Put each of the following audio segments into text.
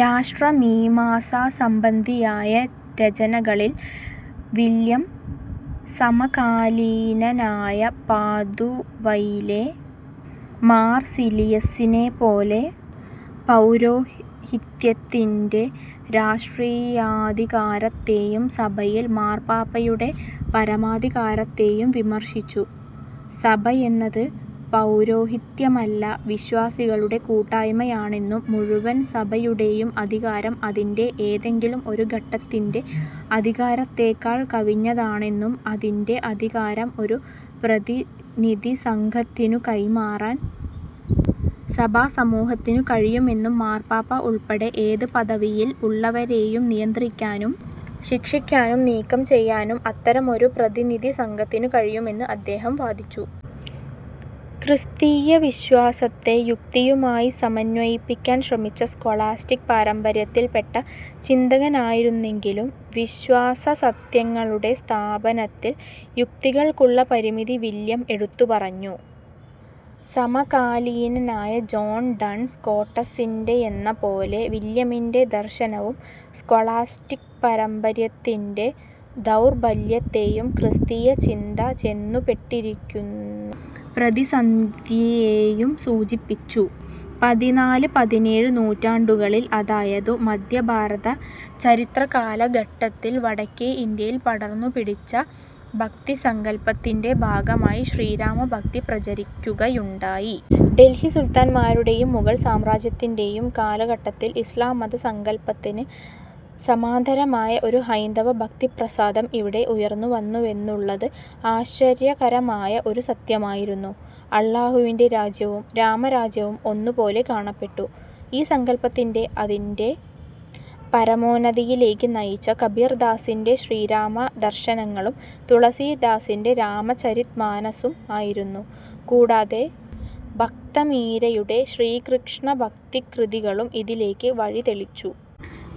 രാഷ്ട്രമീമാസാസംബന്ധിയായ രചനകളിൽ വില്യം, സമകാലീനനായ പാദുവയിലെ മാർസിലിയസിനെപ്പോലെ, പൗരോഹിത്യത്തിന്റെ രാഷ്ട്രീയാധികാരത്തേയും സഭയിൽ മാർപ്പാപ്പായുടെ പരമാധികാരത്തേയും വിമർശിച്ചു. സഭയെന്നത് പൗരോഹിത്യമല്ല വിശ്വാസികളുടെ കൂട്ടായ്മയാണെന്നും മുഴുവൻ സഭയുടേയും അധികാരം അതിന്റെ ഏതെങ്കിലും ഒരു ഘടകത്തിന്റെ അധികാരത്തേക്കൾ കവിഞ്ഞതാണെന്നും അതിന്റെ അധികാരം ഒരു പ്രതിനിധിസംഘത്തിനു കൈമാറാൻ സഭാസമൂഹത്തിനു കഴിയുമെന്നും മാർപ്പാപ്പ ഉൾപ്പെടെ ഏത് പദവിയിൽ ഉള്ളവരേയും നിയന്ത്രിക്കാനും ശിക്ഷിക്കാനും നീക്കം ചെയ്യാനും അത്തരമൊരു പ്രതിനിധിസംഘത്തിനു കഴിയുമെന്നും അദ്ദേഹം വാദിച്ചു. ക്രിസ്തീയവിശ്വാസത്തെ യുക്തിയുമായി സമന്വയിപ്പിക്കാൻ ശ്രമിച്ച സ്കൊളാസ്റ്റിക് പാരമ്പര്യത്തിൽ പെട്ട ചിന്തകനായിരുന്നെങ്കിലും വിശ്വാസസത്യങ്ങളുടെ സ്ഥാപനത്തിൽ യുക്തിക്കുള്ള പരിമിതി വില്യം എടുത്തുപറഞ്ഞു. സമകാലീനനായ ജോൺ ഡൺസ് സ്കോട്ടസിന്റെയെന്നപോലെ വില്യമിന്റെ ദർശനവും സ്കൊളാസ്റ്റിക് പാരമ്പര്യത്തിന്റെ ദൗർബല്യത്തേയും ക്രിസ്തീയചിന്ത ചെന്നുപെട്ടിരുന്ന പ്രതിസന്ധിയേയും സൂചിപ്പിച്ചു. പതിനാല് പതിനേഴ് നൂറ്റാണ്ടുകളിൽ അതായതു മദ്ധ്യഭാരത ചരിത്രകാല ഘട്ടത്തിൽ വടക്കേ ഇന്ത്യയിൽ പടർന്നു പിടിച്ച ഭക്തിസങ്കൽപ്പത്തിൻറെ ഭാഗമായി ശ്രീരാമ ഭക്തി പ്രചരിക്കുകയുണ്ടായി. ഡൽഹി സുൽത്താന്മാരുടേയും മുഗൾ സാമ്രാജ്യത്തിൻറെയും കാലഘട്ടത്തിൽ ഇസ്ലാംമത സങ്കൽപ്പത്തിന് സമാന്തരമായ ഒരു ഹൈന്ദവ ഭക്തിപ്രസ്ഥാനം ഇവിടെ ഉയർന്നുവന്നുവെന്നുള്ളത് ആശ്ചര്യകരമായ ഒരു സത്യമായിരുന്നു. അല്ലാഹുവിൻറെ രാജ്യവും രാമരാജ്യവും ഒന്നുപോലെ കാണപ്പെട്ടു. ഈ സങ്കല്പ്പത്തിനെ അതിൻറെ പരമോന്നതിയിലേക്ക് നയിച്ചത് കബിർദാസിൻറെ ശ്രീരാമദർശനങ്ങളും തുളസിദാസിൻറെ രാമചരിതമാനസ്സും ആയിരുന്നു. കൂടാത ഭക്തമീരയുടെ ശ്രീകൃഷ്ണഭക്തി കൃതികളും ഇതിലേക്ക് വഴി തെളിച്ചു.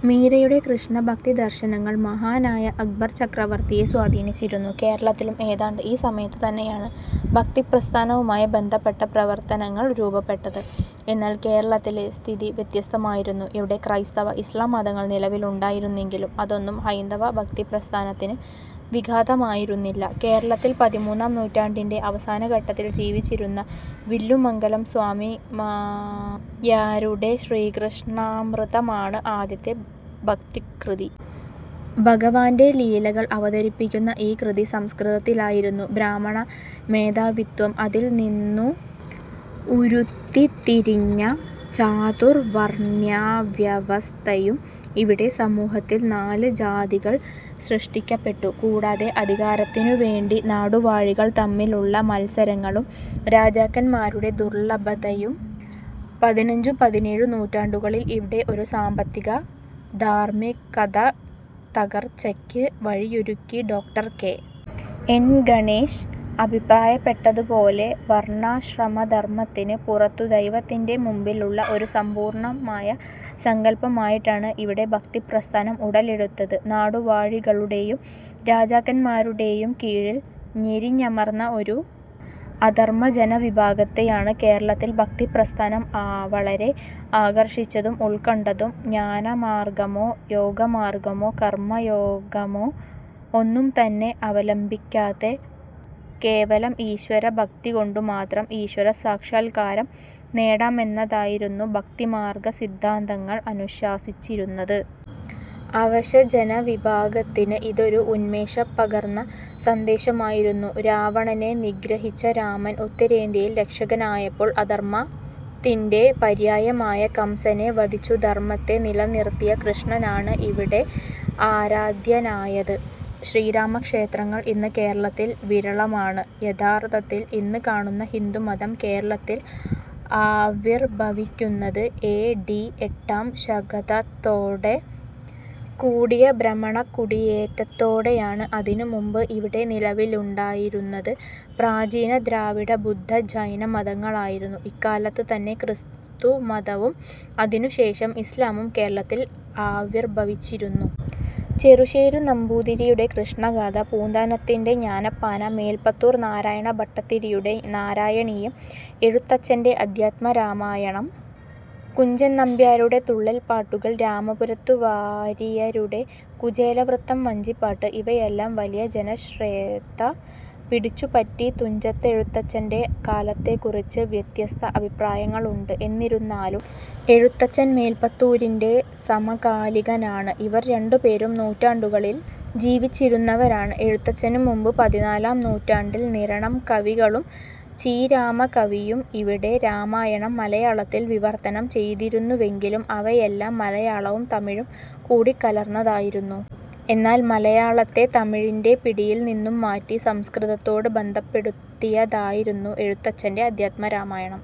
മീരയുടെ കൃഷ്ണഭക്തിദർശനങ്ങൾ മഹാനായ അക്ബർ ചക്രവർത്തിയെ സ്വാധീനിച്ചിരുന്നു. കേരളത്തിലും ഏതാണ്ട് ഈ സമയത്തുതന്നെയാണ് ഭക്തിപ്രസ്ഥനവുമായി ബന്ധപ്പെട്ട പ്രവർത്തനങ്ങൾ രൂപപ്പെട്ടത്. എന്നാൽ കേരളത്തിലെ സ്ഥിതി വ്യത്യസ്തമായിരുന്നു, ഇവിടെ ക്രൈസ്തവ – ഇസ്ലാം മതങ്ങൾ നിലവിലുണ്ടായിരുന്നെങ്കിലും അതൊന്നും ഹൈന്ദവ ഭക്തിപ്രസ്ഥാനത്തിന് വിഘാതമായിരുന്നില്ല. കേരളത്തിൽ പതിമൂന്നാം നൂറ്റാണ്ടിൻറെ അവസാനഘട്ടത്തിൽ ജീവിച്ചിരുന്ന വില്ലുമംഗലം സ്വാമിയാരുടെ ശ്രീകൃഷ്ണാമൃതമാണ് ആദ്യത്തെ ഭക്തകൃതി. ഭഗവാൻറെ ലീലകൾ അവതരിപ്പിക്കുന്ന ഈ കൃതി സംസ്കൃതത്തിലായിരുന്നു. ബ്രാഹ്മണ മേധാവിത്വവും അതിൽനിന്നു ഉരുത്തിതിരിഞ്ഞ ചാതുർവർണ്ണ്യവ്യവസ്ഥയും ഇവിടെ സമൂഹത്തിൽ നാല് ജാതികൾ സൃഷ്ടിക്കപ്പെട്ടു, കൂടാതെ അധികാരത്തിനുവേണ്ടി നാടുവാഴികൾ തമ്മിലുള്ള മത്സരങ്ങളും രാജാക്കന്മാരുടെ ദുർബലതയും പതിനഞ്ചു പതിനേഴു നൂറ്റാണ്ടുകളിൽ ഇവിടെ ഒരു സാമ്പത്തിക- ധാർമ്മികതകർച്ചയ്ക്ക് വഴിയൊരുക്കി ഡോ കെ.. എൻ ഗണേഷ് അഭിപ്രായപ്പെട്ടപോലെ വർണ്ണാശ്രമധർമത്തിന് പുറത്തു ദൈവത്തിൻറെ മുമ്പിലുള്ള ഒരു സമ്പൂർണമായ സങ്കല്പ്പമായിട്ടാണ് ഇവിടെ ഭക്തിപ്രസ്ഥാനം ഉടലെടുത്തത് നാടുവാഴികളുടെയും രാജാക്കന്മാരുടേയും കീഴിൽ ഞെരിഞമർന്ന ഒരു അധമജനവിഭാഗത്തെയാണ് കേരളത്തിൽ ഭക്തിപ്രസ്ഥാനം വളരെ ആകർഷിച്ചതും ഉൾക്കൊണ്ടതും ജ്ഞാനമാർഗ്ഗമോ യോഗമാർഗ്ഗമോ കർമ്മയോഗമോ ഒന്നും തന്നെ അവലംബിക്കാതെ കേവലം ഈശ്വരഭക്തി കൊണ്ടുമാത്രം ഈശ്വരസാക്ഷൽക്കാരം നേടാമെന്നതായിരുന്നു ഭക്തിമാർഗ്ഗ സിദ്ധാന്തങ്ങൾ അനുശാസിച്ചിരുന്നത്. അവശജനവിഭാഗത്തിന് ഇതൊരൂ ഉന്മേഷ പകർന്ന സന്ദേശമായിരുന്നു. രാവണനെ നിഗ്രഹിച്ച രാമൻ ഉത്തരേന്ത്യയിൽ രക്ഷകനായപ്പോൾ അധർമ്മത്തിൻറെ പര്യായമായ കംസനെ വധിച്ചു ധർമ്മത്തെ നിലനിർത്തിയ കൃഷ്ണനാണ് ഇവിടെ ആരാധ്യനായത്. ശ്രീരാമക്ഷേത്രങ്ങൾ ഇന്ന് കേരളത്തിൽ വിരളമാണ്. യഥാർഥത്തിൽ ഇന്ന് കാണുന്ന ഹിന്ദുമതം കേരളത്തിൽ ആവിർഭവിക്കുന്നത് എ, ഡി, എട്ടാം ശതകത്തോട് കൂടിയ ബ്രാഹ്മണ കുടിയേറ്റത്തോടെയാണ് അതിനു മുൻപ് ഇവിടെ നിലവിലുണ്ടായിരുന്നത് പ്രാചീന ദ്രാവിഡ, ബുദ്ധ-ജൈന മതങ്ങളായിരുന്നു, ഇക്കാലത്ത് തന്നെ ക്രിസ്തു മതവും അതിനുശേഷം ഇസ്ലാമും കേരളത്തിൽ ആവിർഭവിച്ചിരുന്നു. ചെറുശ്ശേരി നമ്പുതിരിയുടെ കൃഷ്ണഗാഥ, പൂന്താനത്തിൻറെ, ജ്ഞാനപ്പാന, മേൽപ്പത്തൂർ നാരായണ ഭട്ടതിരിയുടെ നാരായണീയം, എഴുത്തച്ഛൻറെ അദ്ധ്യാത്മരാമായണം, കുഞ്ചൻ നമ്പിയാരുടെ തുള്ളൽപ്പാട്ടുകൾ, രാമപുരത്തു വാരിയരുടെ കുചേലവൃത്തം വഞ്ചിപ്പാട്ട് ഇവയെല്ലാം വലിയ ജനശ്രദ്ധ പിടിച്ചുപറ്റി തുഞ്ചത്ത് എഴുത്തച്ഛൻറെ കാലത്തെക്കുറിച്ച് വ്യത്യസ്ത അഭിപ്രായങ്ങളുണ്ട്, എന്നിരുന്നാലും എഴുത്തച്ഛൻ മേൽപ്പത്തൂരിൻറെ സമകാലികനാണ്, ഇവർ രണ്ടുപേരും നൂറ്റാണ്ടുകളിൽ ജീവിച്ചിരുന്നവരാണ്, എഴുത്തച്ഛനു മുമ്പ് പതിനാലാം നൂടണ്ടിൽ നിരണം കവികളും ചീരാമ കവിയും ഇവിടെ രാമായണം മലയാളത്തിൽ വിവർത്തനം ചെയ്തിരുന്നുവെങ്കിലും അവയെല്ലാം മലയാളവും തമിഴും കൂടി കലർന്നതായിരുന്നു. എന്നാൽ മലയാളത്തെ തമിഴിൻറെ പിടിയിൽ നിന്നും മാറ്റി, സംസ്കൃതത്തോട് ബന്ധപ്പെടുത്തിയതായിരുന്നു എഴുത്തച്ഛൻറെ അദ്ധ്യാത്മരാമായണം.